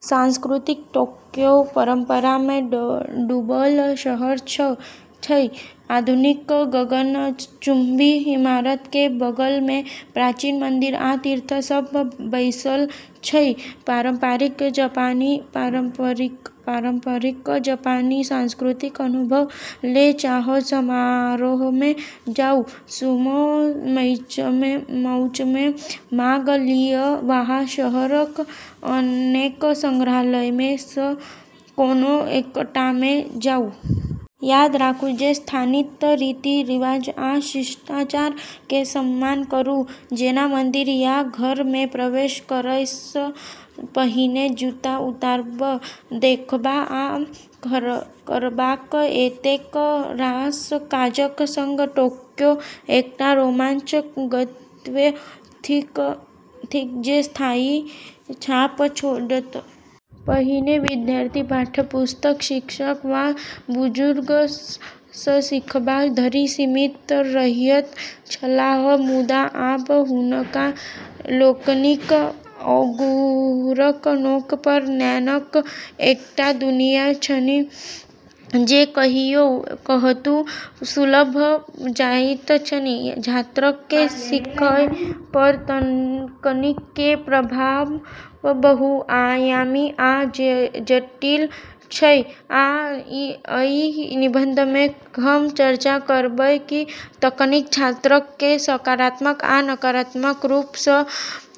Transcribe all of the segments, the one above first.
संस्कृति टोक्यो परंपरा में डूबल शहर छै, आधुनिक गगनचुंबी इमारत के बगल में प्राचीन मंदिर आ तीर्थ सब बैसल छै. पारंपरिक जापानी संस्कृतिक अनुभव ले चाह समारोहमें जाउ, सुमो मैचमें भाग लिय, वा शहरक अनेक संग्रहालयमें सं कोनो एकटामें जाउ. याद राखू जे स्थानीय रीति-रिवाज आ शिष्टाचार के सम्मान करू, जेना मंदिर या घर में प्रवेश करय सं पहिने जूता उतारब. देखबा आ करबाक एतेक रास काजक संग टोक्यो एकटा रोमांचक गंतव्य थिक जे स्थायी छाप छोड़त. पहिने विद्यार्थी पाठ्यपुस्तक, शिक्षक, वा बुजुर्ग सं सीखबा धरि सीमित रहैत छलाह, मुदा आब, हुनका लोकनिक आँगुरक नोक पर ज्ञानक एकटा दुनिया छनि, जे कहियो, कतहु सुलभ भ' जाइत छनि. छात्रक कें सीखय पर तकनीक कें प्रभाव बहुआयामी आ जटिल छै, आ अइ निबंध मे हम चर्चा करबय कि तकनीक छात्रक कें सकारात्मक आ नकारात्मक रूप सं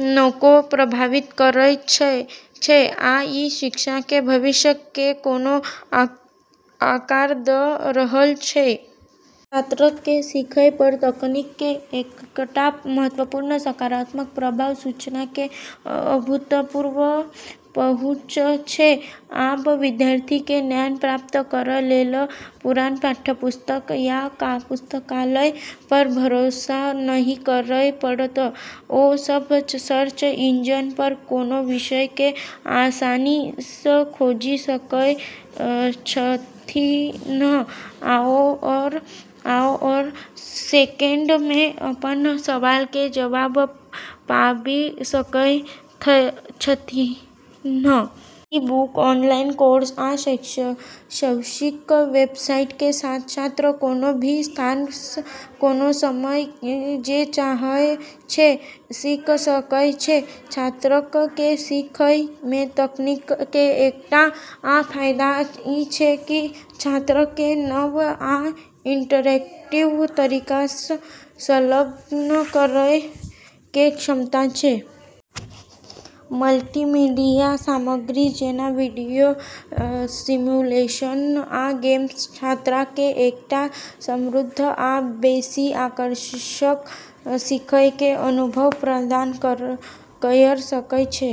कोना प्रभावित करय छै आ इ शिक्षा कें भविष्य कें कोना आकार द रहल छै. छात्रक कें सीखय पर तकनीक कें एकटा महत्वपूर्ण सकारात्मक प्रभाव सूचना कें अभूतपूर्व पहुंच छै. आब विद्यार्थी के ज्ञान प्राप्त करय लेल पुरान पाठ्यपुस्तक या पुस्तकालय पर भरोसा नहिं करय पड़त. ओ सब सर्च इंजन पर कोनो विषय के आसानी सं खोजि सकय छथिन्ह आओर सेकेंड मे अपन सवाल के जवाब पाबि सकय छथिन्ह. ई-बुक, ऑनलाइन कोर्स, आ शैक्षिक वेबसाइट कें साथ छात्र कोनों भी स्थान सं, कोनों समय, जे चाहय छै, सीख सकय छै. छात्रक कें सीखय मे तकनीक कें एकटा आ फायदा इ छै की छात्रक कें नव आ इंटरैक्टिव तरीका सं संलग्न करय कें क्षमता छै. मल्टीमीडिया सामग्री जेना वीडियो, सिमुलेशन, आ गेम छात्रक कें एकटा समृद्ध आ बेसि आकर्षक सीखय कें अनुभव प्रदान कयर सकय छै.